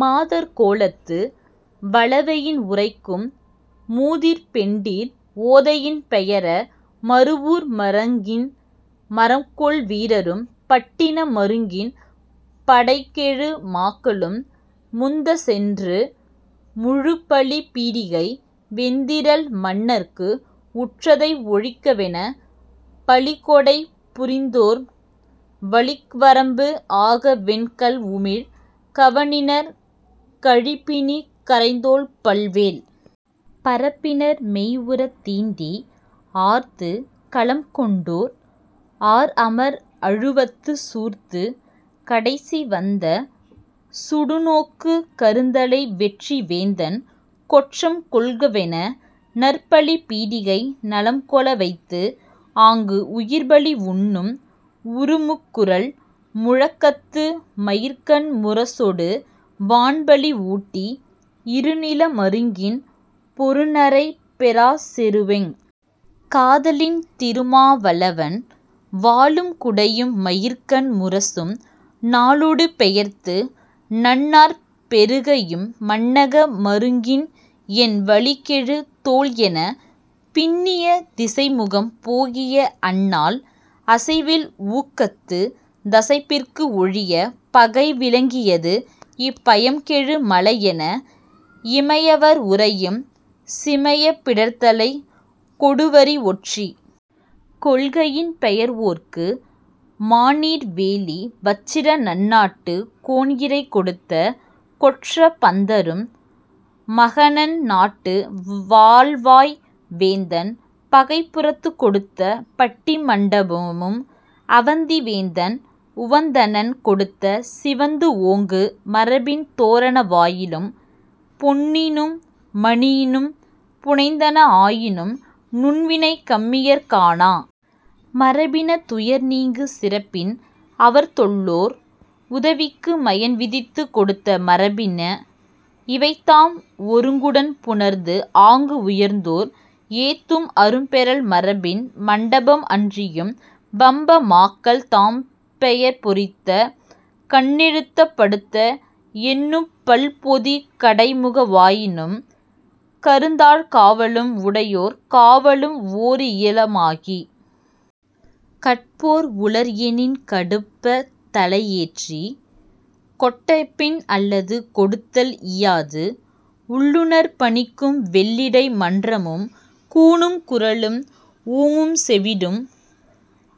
மாதர்க் கோலத்து வலவையின் உரைக்கும் மூதிற் பெண்டிர் ஓதையின் பெயர, மருவூர் மருங்கின் மறம்கொள் வீரரும் பட்டின மருங்கின் படைகெழு மாக்களும் முந்தச் சென்று முழுப்பலி பீடிகை வெந்திறல் மன்னற்கு உற்றதை ஒழிக்கவெனப் பலிக்கொடை புரிந்தோர் வலிக்குவரம்பு ஆகவெனக் கல்உமிழ் கவணினர் கழிப்பிணிக் கறைத்தோல் பல்வேல் பரப்பினர் மெய்உறத் தீண்டி ஆர்த்துக் களம்கொண்டோ ர் ஆர்அமர் அழுவத்துச் சூர்த்துக் கடைசிவந்த சுடுனோக்குக் கருந்தலை வெற்றி வேந்தன் கொற்றம் கொள்கவென நற்பலி பீடிகை நலம்கொள வைத்துஆங்கு உயிர்ப்பலி உண்ணும் உருமுக்குரல் முழக்கத்து மயிர்க்கண் முரசொடு வான்பலி ஊட்டி, இருநில மருங்கின் பொருநரைப் பெறாஅச் செருவெங் காதலின் திருமா வளவன் வாளும் குடையும் மயிர்க்கண் முரசும் நாளொடு பெயர்த்து நண்ணார்ப் பெறுகஇம் மண்ணக மருங்கின்என் வலிகெழு தோள்எனப் புண்ணியத் திசைமுகம் போகிய அந்நாள் அசைவுஇல் ஊக்கத்து நசைபிறக்கு ஒழியப் பகைவிலக் கியதுஇப் பயம்கெழு மலைஎன இமையவர் உறையும் சிமையப் பிடர்த்தலைக் கொடுவரி ஒற்றிக் கொள்கையின் பெயர்வோற்கு, மாநீர் வேலி வச்சிர நன்னாட்டுக் கோன்இறை கொடுத்த கொற்றப் பந்தரும் மகதநன் நாட்டு வாள்வாய் வேந்தன் பகைபுறத்துக் கொடுத்த பட்டிமண் டபமும், அவந்தி வேந்தன் உவந்தனன் கொடுத்த நிவந்துஓங்கு மரபின் தோரண வாயிலும் பொன்னினும் மணியினும் புனைந்தன ஆயினும் நுண்வினைக் கம்மியர் காணா மரபின, துயர்நீங்கு சிறப்பின்அவர் தொல்லோர் உதவிக்கு மயன்விதித்துக் கொடுத்த மரபின, இவைதாம் ஒருங்குடன் புணர்ந்துஆங்கு உயர்ந்தோர் ஏத்தும் அரும்பெறல் மரபின் மண்டபம் அன்றியும், வம்ப மாக்கள் தம்பெயர் பொறித்த கண்ணெழுத்துப் படுத்த எண்ணுப் பல்பொதிக் கடைமுக வாயிலும் கருந்தாழ்க் காவலும் உடையோர் காவலும் ஒரீஇய ஆகிக் கட்போர் உளர்எனின் கடுப்பத் தலைஏற்றிக் கொட்டபின் அல்லது கொடுத்தல் ஈயாது உள்ளுநர்ப் பனிக்கும் வெள்ளிடை மன்றமும், கூனும் குறளும் ஊமும் செவிடும்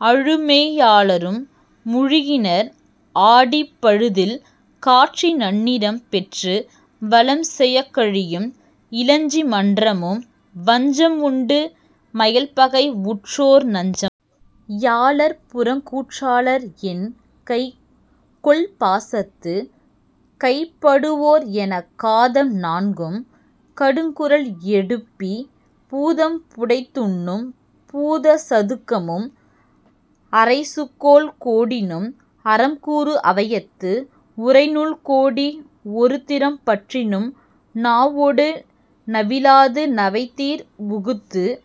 அழுமெய் யாளரும் முழுகினர் ஆடிப் பழுதுஇல் காட்சி நன்னிறம் பெற்று வலம்செயாக் கழியும் இலஞ்சி மன்றமும், வஞ்சம் உண்டு மயல்பகை உற்றோர் நஞ்சம் யாளர் புறங்கூற் றாளர்என் கைக்கொள் பாசத்துக் கைப்படு வோர்எனக் காதம் நான்கும் கடுங்குரல் எடுப்பிப் பூதம் புடைத்துஉணும் பூத சதுக்கமும், அரைசுகோல் கோடினும் அறம்கூறு அவையத்து உரைநூல் கோடி ஒருதிறம் பற்றினும் நாவொடு நவிலாது நவைநீர் உகுத்துப்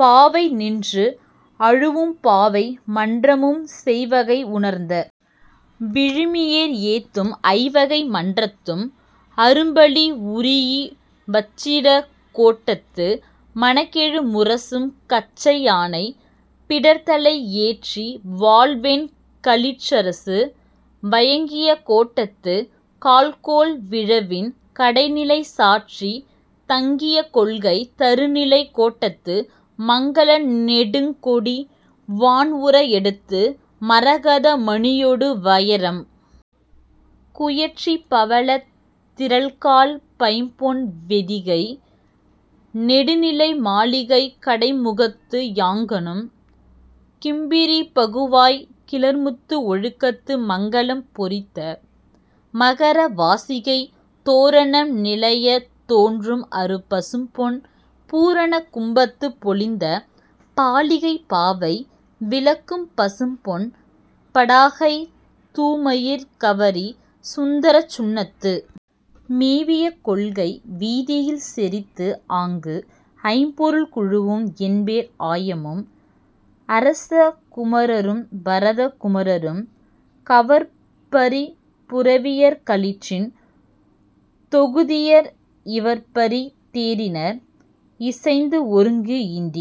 பாவைநின்று அழுஉம் பாவை மன்றமும், மெய்வகை உணர்ந்த விழுமியோர் ஏத்தும் ஐவகை மன்றத்தும் அரும்பலி உறீஇ, வச்சிரக் கோட்டத்து மணம்கெழு முரசம் கச்சை யானைப் பிடர்த்தலை ஏற்றி, வால்வெண் களிற்றுஅரசு வயங்கிய கோட்டத்துக் கால்கோள் விழவின் கடைநிலை சாற்றித் தங்கிய கொள்கைத் தருநிலைக் கோட்டத்து மங்கல நெடுங்கொடி வான்உற எடுத்து, மரகத மணியொடு வயிரம் குயிற்றிப் பவளத் திரள்கால் பைம்பொன் வேதிகை நெடுநிலை மாளிகைக் கடைமுகத்து யாங்கணும் கிம்புரிப் பகுவாய்க் கிளர்முத்து ஒழுக்கத்து மங்கலம் பொறித்த மகர வாசிகைத் தோரணம் நிலைஇய தோம்அறு பசும்பொன் பூரண கும்பத்துப் பொலிந்த பாலிகை பாவை விளக்குப் பசும்பொன் படாகை தூமயிர்க் கவரி சுந்தரச் சுண்ணத்து மேவிய கொள்கை வீதியில் செறிந்துஆங்கு, ஐம்பொருங் குழுவும் எண்பேர் ஆயமும் அரச குமரரும் பரத குமரரும் கவர்ப்பரிப் புரவியர் களிற்றின் தொகுதியர் இவர்ப்பரித் தேரினர் இயைந்துஒருங்கு ஈண்டி